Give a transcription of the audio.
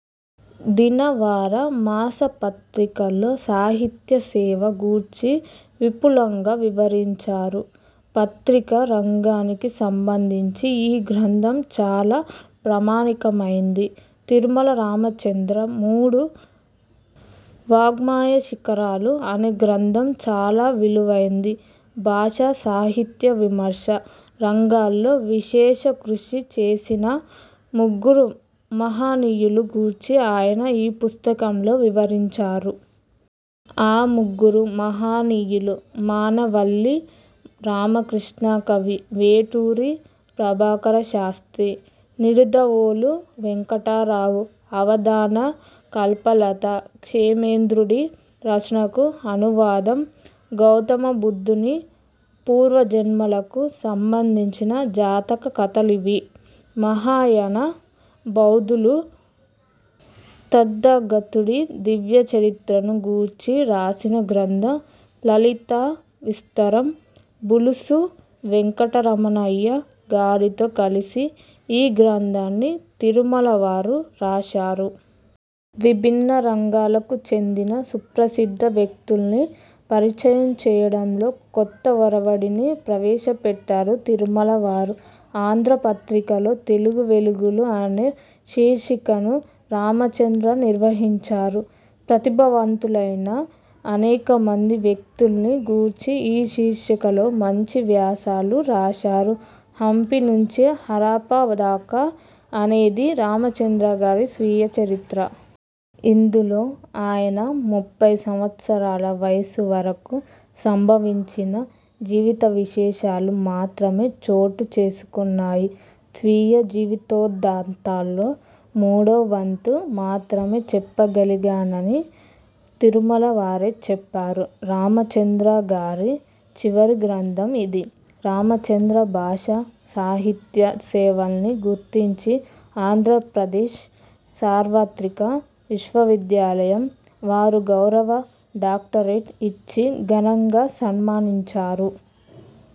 దిన, వార, మాసపత్రికల్లో సాహిత్య సేవ గూర్చి విపులంగా వివరించారు. పత్రికా రంగానికి సంబంధించి ఈ గ్రంథం చాలా ప్రామాణికమైంది. తిరుమల రామచంద్ర 'మూడు వాఙ్మయ శిఖరాలు' అనే గ్రంథం చాలా విలువైంది. భాషా, సాహిత్య విమర్శ రంగాల్లో విశేష కృషి చేసిన ముగ్గురు మహనీయులు గూర్చి ఆయన ఈ పుస్తకంలో వివరించారు. ఆ ముగ్గురు మహనీయులు: మానవల్లి రామకృష్ణ కవి, వేటూరి ప్రభాకర శాస్త్రి, నిడుదవోలు వేంకటరావు. 'అవదాన కల్పలత' క్షేమేంద్రుడి రచనకు అనువాదం. గౌతమబుద్ధుని పూర్వజన్మలకు సంబందించిన జాతక కథలివి. మహాయన బౌద్ధులు తద్దాగతుడి దివ్యచరిత్రను గూర్చి రాసిన గ్రంథం 'లలిత విస్తరం'. బులుసు వేంకట రమణయ్య గారితో కలసి ఈ గ్రంథాన్ని తిరుమల వారు రాశారు. విభిన్న రంగాలకు చెందిన సుప్రసిద్ధ వ్యక్తుల్ని పరిచయం చేయడంలో కొత్త ఒరవడిని ప్రవేశపెట్టారు తిరుమలవారు. 'ఆంధ్రపత్రిక'లో 'తెలుగు వెలుగులు' అనే శీర్షికను రామచంద్ర నిర్వహించారు. ప్రతిభావంతులైన అనేకమంది వ్యక్తుల్ని గూర్చి ఈ శీర్షికలో మంచి వ్యాసాలు రాశారు. 'హంపీ నుంచి హరప్పా దాక' అనేది రామచంద్రగారి 'స్వీయ చరిత్ర'. ఇందులో ఆయన ముప్పై సంవత్సరాల వయస్సు వరకు సంభవించిన జీవితవిశేషాలు మాత్రమే చోటు చేసుకున్నాయి. స్వీయ జీవితోదంతాల్లో మూడో వంతు మాత్రమే చెప్పగలిగానని తిరుమల వారే చెప్పారు. రామచంద్ర గారి చివరి గ్రంథం ఇది. రామచంద్ర భాషా సాహిత్య సేవల్ని గుర్తించి ఆంధ్రప్రదేశ్ సార్వత్రిక విశ్వవిద్యాలయం వారు గౌరవ డాక్టరేట్ ఇచ్చి ఘనంగా సన్మానించారు.